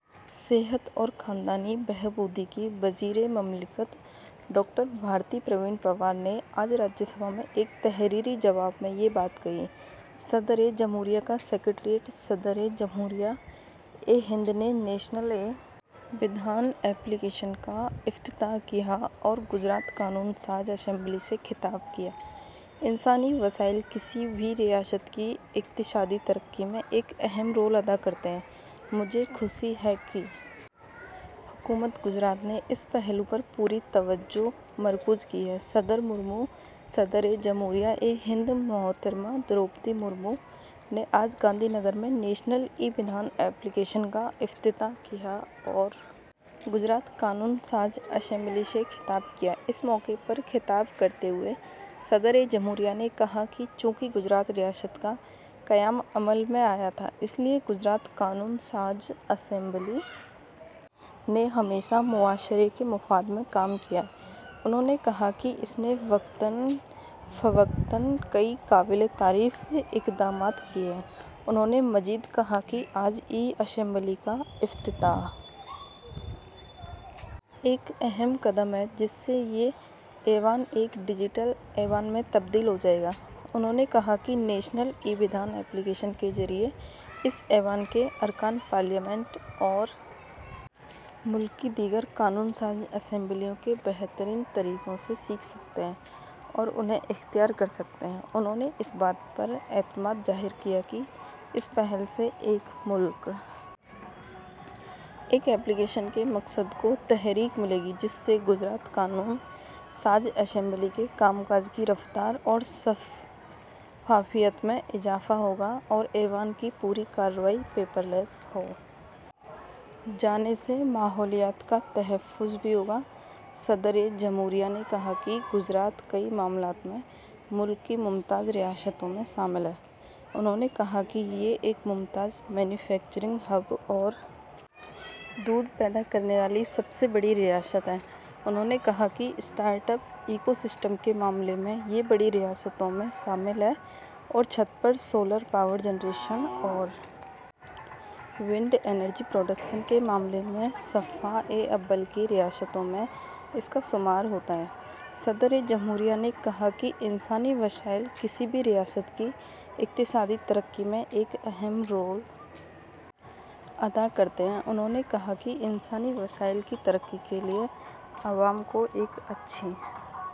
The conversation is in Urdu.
صحت اور خاندانی بہبود کی وزیر مملکت ڈاکٹر بھارتی پروین پوار نے آج راجیہ سبھا میں ایک تحریری جواب میں یہ بات کہی صدر جمہوریہ کا سکریٹریٹ صدر جمہوریہ ہند نے نیشنل ای ودھان ایپلی کیشن کا افتتاح کیا اور گجرات قانون ساز اسمبلی سے خطاب کیا انسانی وسائل کسی بھی ریاست کی اقتصادی ترقی میں ایک اہم رول ادا کرتے ہیں مجھے خوشی ہے کہ حکومت گجرات نے اس پہلو پر پوری توجہ مرکوز کی ہے صدر مرمو صدر جمہوریہ ہند محترمہ دروپدی مرمو نے آج گاندھی نگر میں نیشنل ای ودھان ایپلی کیشن کا افتتاح کیا اور گجرات قانون ساز اسمبلی سے خطاب کیا اس موقع پر خطاب کرتے ہوئے صدر جمہوریہ نے کہا کہ چونکہ گجرات ریاست کا قیام عمل میں آیا تھا اس لیے گجرات قانون ساز اسمبلی نے ہمیشہ معاشرے کے مفاد میں کام کیا ہے انہوں نے کہا کہ اس نے وقتاً فوقتاً کئی قابل تعریف اقدامات کیے ہیں انہوں نے مزید کہا کہ آج ای اسمبلی کا افتتاح ایک اہم قدم ہے جس سے یہ ایوان ایک ڈیجیٹل ایوان میں تبدیل ہو جائے گا انہوں نے کہا کہ نیشنل ای ودھان ایپلی کیشن کے ذریعے اس ایوان کے ارکان پارلیمنٹ اور ملک کی دیگر قانون ساز اسمبلیوں کے بہترین طریقوں سے سیکھ سکتے ہیں اور انہیں اختیار کر سکتے ہیں انہوں نے اس بات پر اعتماد ظاہر کیا کہ اس پہل سے ایک ملک ایک ایپلی کیشن کے مقصد کو تحریک ملے گی جس سے گجرات قانون ساز اسمبلی کے کام کاج کی رفتار اور شفافیت میں اضافہ ہوگا اور ایوان کی پوری کارروائی پیپر لیس ہو جانے سے ماحولیات کا تحفظ بھی ہوگا صدر جمہوریہ نے کہا کہ گجرات کئی معاملوں میں ملک کی ممتاز ریاستوں میں شامل ہے انہوں نے کہا کہ یہ ایک ممتاز مینوفیکچرنگ ہب اور دودھ پیدا کرنے والی سب سے بڑی ریاست ہے انہوں نے کہا کہ اسٹارٹ اپ ایکو سسٹم کے معاملے میں یہ بڑی ریاستوں میں شامل ہے اور چھت پر سولر پاور جنریشن اور ونڈ انرجی پروڈکشن کے معاملے میں صفحہ اول کی ریاستوں میں اس کا شمار ہوتا ہے صدر جمہوریہ نے کہا کہ انسانی وسائل کسی بھی ریاست کی اقتصادی ترقی میں ایک اہم رول ادا کرتے ہیں انہوں نے کہا کہ انسانی وسائل کی ترقی کے لیے عوام کو ایک اچھی